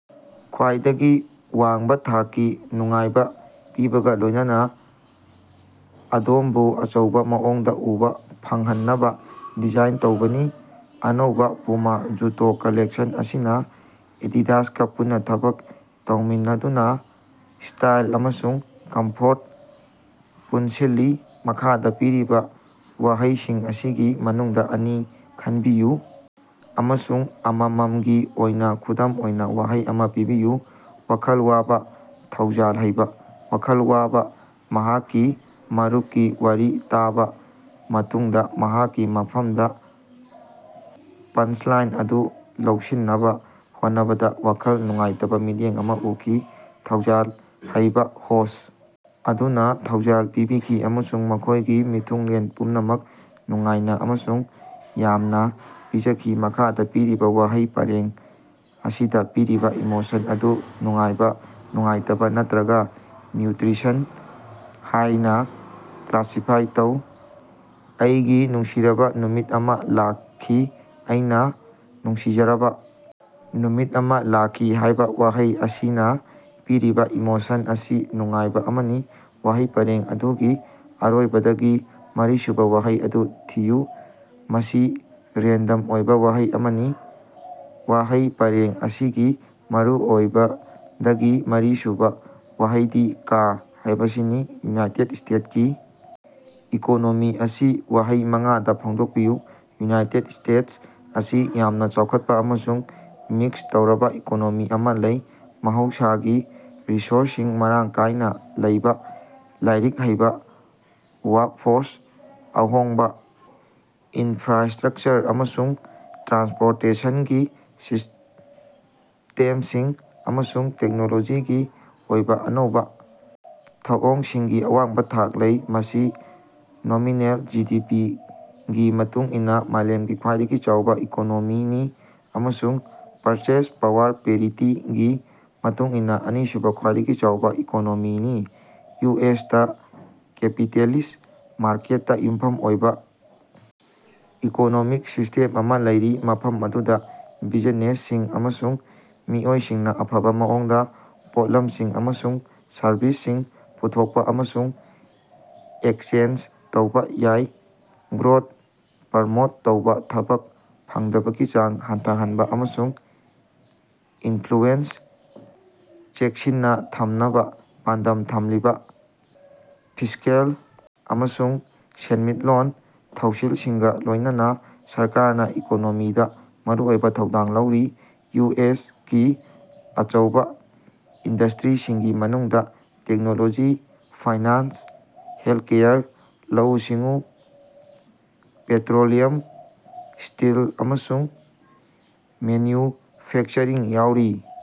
ꯈ꯭ꯋꯥꯏꯗꯒꯤ ꯋꯥꯡꯕ ꯊꯥꯛꯀꯤ ꯅꯨꯡꯉꯥꯏꯕ ꯄꯤꯕꯒ ꯂꯣꯌꯅꯅ ꯑꯗꯣꯝꯕꯨ ꯑꯆꯧꯕ ꯃꯑꯣꯡꯗ ꯎꯕ ꯐꯪꯍꯟꯅꯕ ꯗꯤꯖꯥꯏꯟ ꯇꯧꯕꯅꯤ꯫ ꯑꯅꯧꯕ ꯄꯨꯃ ꯖꯨꯇꯣ ꯀꯂꯦꯛꯁꯟ ꯑꯁꯤꯅ ꯑꯦꯗꯤꯗꯥꯁꯀ ꯄꯨꯟꯅ ꯊꯕꯛ ꯇꯧꯃꯤꯟꯅꯗꯨꯅ ꯁ꯭ꯇꯥꯏꯜ ꯑꯃꯁꯨꯡ ꯀꯝꯐꯣꯔꯠ ꯄꯨꯟꯁꯤꯜꯂꯤ꯫ ꯃꯈꯥꯗ ꯄꯤꯔꯤꯕ ꯋꯥꯍꯩꯁꯤꯡ ꯑꯁꯤꯒꯤ ꯃꯅꯨꯡꯗ ꯑꯅꯤ ꯈꯟꯕꯤꯌꯨ ꯑꯃꯁꯨꯡ ꯑꯃꯝꯃꯝꯒꯤ ꯑꯣꯏꯅ ꯈꯨꯗꯝ ꯑꯣꯏꯕ ꯋꯥꯍꯩ ꯑꯃ ꯄꯤꯕꯤꯌꯨ꯫ ꯋꯥꯈꯜ ꯋꯥꯕ ꯊꯧꯖꯥꯜ ꯍꯩꯕ꯫ ꯋꯥꯈꯜ ꯋꯥꯕ ꯃꯍꯥꯛꯀꯤ ꯃꯔꯨꯄꯀꯤ ꯋꯥꯔꯤ ꯇꯥꯕ ꯃꯇꯨꯡꯗ ꯃꯍꯥꯛꯀꯤ ꯃꯐꯃꯗ ꯄꯟꯁꯂꯥꯏꯟ ꯑꯗꯨ ꯂꯧꯁꯤꯟꯅꯕ ꯍꯣꯠꯅꯕꯗ ꯋꯥꯈꯜ ꯅꯨꯡꯉꯥꯏꯇꯕ ꯃꯤꯠꯌꯦꯡ ꯑꯃ ꯎꯈꯤ꯫ ꯊꯧꯖꯥꯜ ꯍꯩꯕ ꯍꯣꯁ ꯑꯗꯨꯅ ꯊꯧꯖꯥꯜ ꯄꯤꯕꯤꯈꯤ ꯑꯃꯁꯨꯡ ꯃꯈꯣꯏꯒꯤ ꯃꯤꯊꯨꯡꯂꯦꯟ ꯄꯨꯝꯅꯃꯛ ꯅꯨꯡꯉꯥꯏꯅ ꯑꯃꯁꯨꯡ ꯌꯥꯝꯅ ꯄꯤꯖꯈꯤ꯫ ꯃꯈꯥꯗ ꯄꯤꯔꯤꯕ ꯋꯥꯍꯩ ꯄꯔꯦꯡ ꯑꯁꯤꯗ ꯄꯤꯔꯤꯕ ꯏꯃꯣꯁꯟ ꯑꯗꯨ ꯅꯨꯡꯉꯥꯏꯕ ꯅꯨꯡꯉꯥꯏꯇꯕ ꯅꯠꯇ꯭ꯔꯒꯥ ꯅꯤꯌꯨꯇꯔꯤꯁꯟ ꯍꯥꯏꯅ ꯀꯂꯥꯁꯤꯐꯥꯏ ꯇꯧ꯫ ꯑꯩꯒꯤ ꯅꯨꯡꯁꯤꯔꯕ ꯅꯨꯃꯤꯠ ꯑꯃ ꯂꯥꯀꯈꯤ꯫ ꯑꯩꯅ ꯅꯨꯡꯁꯤꯖꯔꯕ ꯅꯨꯃꯤꯠ ꯑꯃ ꯂꯥꯀꯈꯤ ꯍꯥꯏꯕ ꯋꯥꯍꯩ ꯑꯁꯤꯅ ꯄꯤꯔꯤꯕ ꯏꯃꯣꯁꯟ ꯑꯁꯤ ꯅꯨꯡꯉꯥꯏꯕ ꯑꯃꯅꯤ꯫ ꯋꯥꯍꯩ ꯄꯔꯦꯡ ꯑꯗꯨꯒꯤ ꯑꯔꯣꯏꯕꯗꯒꯤ ꯃꯔꯤꯁꯨꯕ ꯋꯥꯍꯩ ꯑꯗꯨ ꯊꯤꯌꯨ꯫ ꯃꯁꯤ ꯔꯦꯟꯗꯝ ꯑꯣꯏꯕ ꯋꯥꯍꯩ ꯑꯃꯅꯤ꯫ ꯋꯥꯍꯩ ꯄꯔꯦꯡ ꯑꯁꯤꯒꯤ ꯑꯔꯣꯏꯕꯗꯒꯤ ꯃꯔꯤꯁꯨꯕꯥ ꯋꯥꯍꯩꯗꯤ ꯀ"ꯍꯥꯏꯕꯅꯤ꯫ ꯌꯨꯅꯥꯏꯇꯦꯠ ꯁ꯭ꯇꯦꯠꯁꯀꯤ ꯏꯀꯣꯅꯣꯃꯤ ꯑꯁꯤ ꯋꯥꯍꯩ ꯃꯉꯥꯗ ꯐꯣꯡꯗꯣꯛꯄꯤꯌꯨ꯫ ꯌꯨꯅꯥꯏꯇꯦꯠ ꯁ꯭ꯇꯦꯠꯁ ꯑꯁꯤ ꯌꯥꯝꯅ ꯆꯥꯎꯈꯠꯄ ꯑꯃꯁꯨꯡ ꯃꯤꯛꯁ ꯇꯧꯔꯕ ꯏꯀꯣꯅꯣꯃꯤ ꯑꯃ ꯂꯩ ꯃꯍꯧꯁꯥꯒꯤ ꯔꯤꯁꯣꯔꯁꯁꯤꯡ ꯃꯔꯥꯡ ꯀꯥꯌꯅ ꯂꯩꯕ ꯂꯥꯏꯔꯤꯛ ꯍꯩꯕ ꯋꯥꯔꯛꯐꯣꯔꯁ ꯑꯍꯣꯡꯕ ꯏꯟꯐ꯭ꯔꯥꯟꯁꯇꯔꯛꯆꯔ ꯑꯃꯁꯨꯡ ꯇ꯭ꯔꯥꯟꯁꯄꯣꯔꯇꯦꯁꯟꯒꯤ ꯁꯤꯁꯇꯦꯁꯤꯡ ꯑꯃꯁꯨꯡ ꯇꯦꯛꯅꯣꯂꯣꯖꯤꯒꯤ ꯑꯣꯏꯕ ꯑꯅꯧꯕ ꯊꯧꯑꯣꯡꯁꯤꯡꯒꯤ ꯑꯋꯥꯡꯕ ꯊꯥꯛ ꯂꯩ꯫ ꯃꯁꯤ ꯅꯣꯃꯤꯅꯦꯜ ꯖꯤ ꯗꯤ ꯄꯤ ꯒꯤ ꯃꯇꯨꯡ ꯏꯟꯅ ꯃꯥꯂꯦꯝꯒꯤ ꯈ꯭ꯋꯥꯏꯗꯒꯤ ꯆꯥꯎꯕ ꯏꯀꯣꯅꯣꯃꯤꯅꯤ ꯑꯃꯁꯨꯡ ꯄꯔꯆꯦꯖ ꯄꯥꯋꯔ ꯄꯦꯔꯤꯇꯤꯒꯤ ꯃꯇꯨꯡ ꯏꯟꯅ ꯑꯅꯤꯁꯨꯕ ꯈ꯭ꯋꯥꯏꯗꯒꯤ ꯆꯥꯎꯕ ꯏꯀꯣꯅꯣꯃꯤꯅꯤ꯫ ꯌꯨ ꯑꯦꯁ ꯇꯥ ꯀꯦꯄꯤꯇꯦꯂꯤꯁ ꯃꯥꯔꯀꯦꯠꯇ ꯌꯨꯝꯐꯝ ꯑꯣꯏꯕ ꯏꯀꯣꯅꯣꯃꯤꯛ ꯁꯤꯁꯇꯦꯝ ꯑꯃ ꯂꯩꯔꯤ ꯃꯐꯝ ꯑꯗꯨꯗ ꯕꯤꯖꯤꯅꯦꯁꯁꯤꯡ ꯑꯃꯁꯨꯡ ꯃꯤꯑꯣꯏꯁꯤꯡꯅ ꯑꯐꯕ ꯃꯑꯣꯡꯗ ꯄꯣꯠꯂꯝꯁꯤꯡ ꯑꯃꯁꯨꯡ ꯁꯔꯕꯤꯁꯁꯤꯡ ꯄꯨꯊꯣꯛꯄ ꯑꯃꯁꯨꯡ ꯑꯦꯛꯆꯦꯟꯁ ꯇꯧꯕ ꯌꯥꯏ꯫ ꯒ꯭ꯔꯣꯠ ꯄꯔꯃꯣꯠ ꯇꯧꯕ ꯊꯕꯛ ꯐꯪꯗꯕꯒꯤ ꯆꯥꯡ ꯍꯟꯊꯍꯟꯕ ꯑꯃꯁꯨꯡ ꯏꯟꯐ꯭ꯂꯨꯌꯦꯟꯁ ꯆꯦꯛꯁꯤꯟꯅ ꯊꯝꯅꯕ ꯄꯥꯟꯗꯝ ꯊꯝꯂꯤꯕ ꯐꯤꯁ꯭ꯀꯦꯜ ꯑꯃꯁꯨꯡ ꯁꯦꯟꯃꯤꯠꯂꯣꯟꯒꯤ ꯊꯧꯁꯤꯜꯁꯤꯡꯒ ꯂꯣꯌꯅꯅ ꯁꯔꯀꯥꯔꯅ ꯏꯀꯣꯅꯣꯃꯤꯗ ꯃꯔꯨꯑꯣꯏꯕ ꯊꯧꯗꯥꯡ ꯂꯧꯔꯤ꯫ ꯌꯨ ꯑꯦꯁ ꯀꯤ ꯑꯆꯧꯕ ꯏꯟꯗꯁꯇ꯭ꯔꯤꯁꯤꯡꯒꯤ ꯃꯅꯨꯡꯗ ꯇꯦꯛꯅꯣꯂꯣꯖꯤ ꯐꯥꯏꯅꯥꯟꯁ ꯍꯦꯜꯀꯦꯌꯔ ꯂꯧꯎ ꯁꯤꯡꯎ ꯄꯦꯠꯇꯔꯣꯂꯤꯌꯝ ꯁꯇꯤꯜ ꯑꯃꯁꯨꯡ ꯃꯦꯟꯌꯨꯐꯦꯛꯆꯔꯤꯡ ꯌꯥꯎꯔꯤ꯫